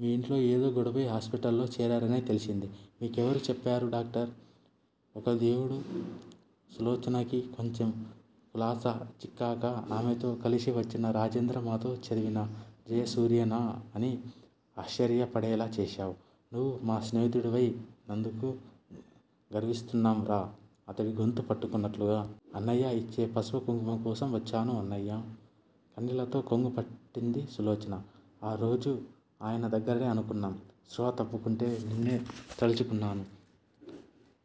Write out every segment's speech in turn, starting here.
మీ ఇంట్లో ఏదో గొడవై హాస్పిటల్ లో చేరారని తెలిసింది. మీకెవరు చెప్పారు డాక్టర్. ఒక దేవుడు! సులోచనకి కొంచెం కులాసా చిక్కాక ఆమెతో కలిసి వచ్చిన రాజేంద్ర మాతో చదివిన జయసూర్యేనా అని ఆశ్చర్యపడేలా చేసావు. నువ్వు మా స్నేహితుడివై నందుకు గర్విస్తున్నాంరా! అతడి గొంతు పట్టుకున్నట్లుగా. అన్నయ్య ఇచ్చే పసుపుకుంకుమ కోసం వచ్చాను అన్నయ్యా కన్నీళ్లతో కొంగు పట్టింది సులోచన. ఆ రోజు ఆయన దగ్గరనే అనుకున్నాం. స్పృహ తప్పుతుంటే నిన్నే తలచుకున్నాను.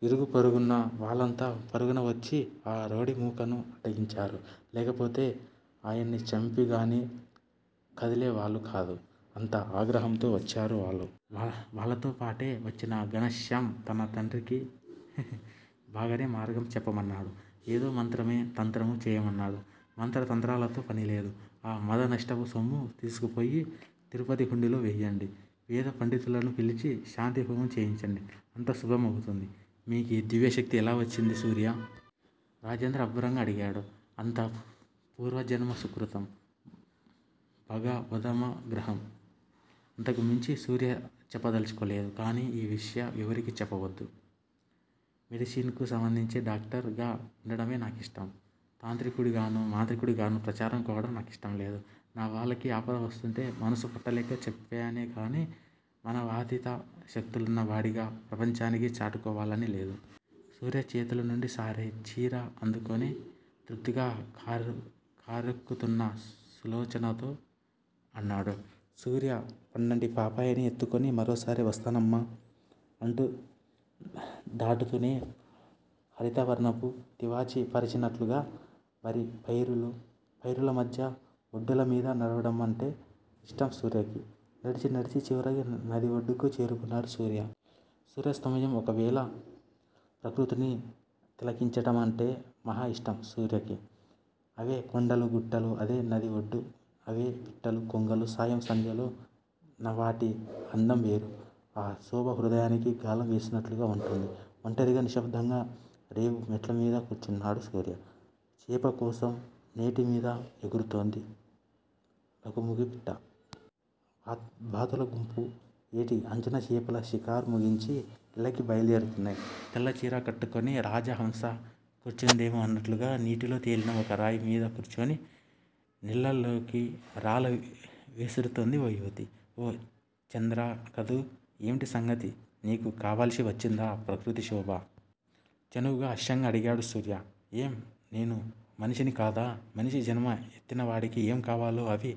ఇరుగు పొరుగునవున్న వాళ్ళంతా పరుగున వచ్చి, ఆ రౌడీమూకను అడ్డగించారు. లేకపోతే ఆయన్ని చంపిగాని కదిలేవాళ్లు కాదు. అంత ఆగ్రహంతో వచ్చారు వాళ్లు. వాళ్లతోపాటే వచ్చిన ఘనశ్యామ్ తన తండ్రికి బాగయ్యే మార్గం చెప్పమన్నాడు. ఏదో మంత్రమో తంత్రమో చేయమన్నాడు. మంత్ర తంత్రాలతో పనిలేదు. ఆ ముదనష్టపు సొమ్ము తీసుకుపోయి తిరుపతి హుండీలో వేయండి. వేదపండితులను పిలిచి, శాంతి హోమం చేయించండి. అంతా శుభం అవుతుంది. మీకీ దివ్యశక్తి ఎలా వచ్చింది సూర్యా? రాజేంద్ర అబ్బురంగా అడిగాడు. అంతా పూర్వజన్మ సుకృతం. భగవదమగ్రహం అంతకుమించి సూర్య చెప్పదలచుకోలేదు. కానీ ఈ విషయం ఎవరికీ చెప్పవద్దు. మెడిసిన్ కు సంబందించిన డాక్టర్ గ వుండడమే నాకిష్టం. తాంత్రికుడిగానో, మాంత్రికుడిగానో ప్రచారం కావడం నాకిష్టంలేదు. నా వాళ్లకి ఆపద వస్తుంటే, మనసు పట్టలేక చెప్పానేగానీ మానవాతీత శక్తులున్నవాడిగా, ప్రపంచానికి చాటుకోవాలని లేదు. సూర్య చేతుల నుండి సారె, చీర అందుకుని, తృప్తిగా కారెక్కుతున్న సులోచనతో అన్నాడు సూర్య పండంటి పాపాయిని ఎత్తుకుని మరోసారి వస్తావమ్మా! ఊరు దాటుతూనే హరితవర్ణపు తివాసీ పరచినట్లుగా వరిపైరులు, పైరుల మధ్య ఒడ్డుల మీద నడవడం అంటే ఇష్టం సూర్యకి. నడిచి నడిచి చివరికి నది ఒడ్డుకు చేరుకున్నాడు సూర్య. సూర్యస్తమయం ఒకవేళ ప్రకృతిని తిలకించడమంటే మాహా ఇష్టం సూర్యకి. అవే కొండలు, గుట్టలు, అదే నది ఒడ్డు! అవే పిట్టలు, కొంగలూ, సాయం సంధ్యలో వాటి అందంవేరు. ఆ శోభ హృదయానికి గాలం వేస్తున్నట్లుగా వుంటుంది. ఒంటరిగా నిశ్శబ్దంగా రేవు మెట్లమీద కూర్చున్నాడు సూర్య. చేప కోసం నీటిమీద ఎగురుతోంది లకుముకి పిట్ట. బాతుల గుంపు ఏటి అంచున చేపల షికారు ముగించి, ఇళ్లకి బయల్దేరుతున్నాయి. తెల్లచీర కట్టుకుని, రాజహంస కూర్చుందేమో అన్నట్లుగా నీటిలో తేలిన ఒక రాయి మీద కూర్చుని, నీళ్లల్లోకి రాళ్లు విసురుతోంది ఒక యువతి. ఓ! చంద్ర కదూ! ఏమిటి సంగతి! నీకూ కావలసి వచ్చిందా ప్రకృతి శోభ? చనువుగా, హాస్యంగా అడిగాడు సూర్య. ఏం నేను మనిషిని కాదా? మనిషి జన్మ ఎత్తినవాడికి ఏం కావాలో అవి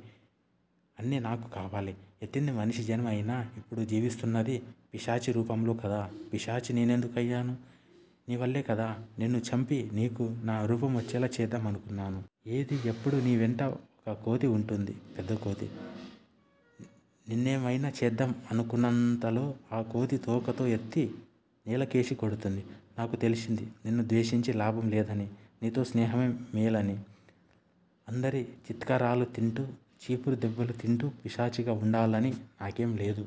అన్నీ నాకూ కావాలి. ఎత్తింది మనిషి జన్మేఅయినా ఇప్పుడు జీవిస్తున్నది పిశాచిరూపంలో కదా! పిశాచినెందుకయ్యాను? నీవల్లేకదా! నిన్ను చంపి, నీకూ నా రూపం వచ్చేలా చేద్దాం అనుకున్నాను. ఏదీ? ఎప్పుడూ నీవెంట ఒక కోతి వుంటుంది. పెద్దకోతి. నిన్నేమయినా చేద్దాం అనుకునేంతలో ఆ కోతి తోకతో ఎత్తి నేలకేసి్ కొడుతుంది. నాకు తెలిసింది నిన్ను ద్వేషించి లాభం లేదని, నీతో స్నేహమే మేలని, అందరి ఛీత్కారాలు తింటూ, చీపురు దెబ్బలు తింటూ పిశాచిగా వుండాలని నాకేం లేదు.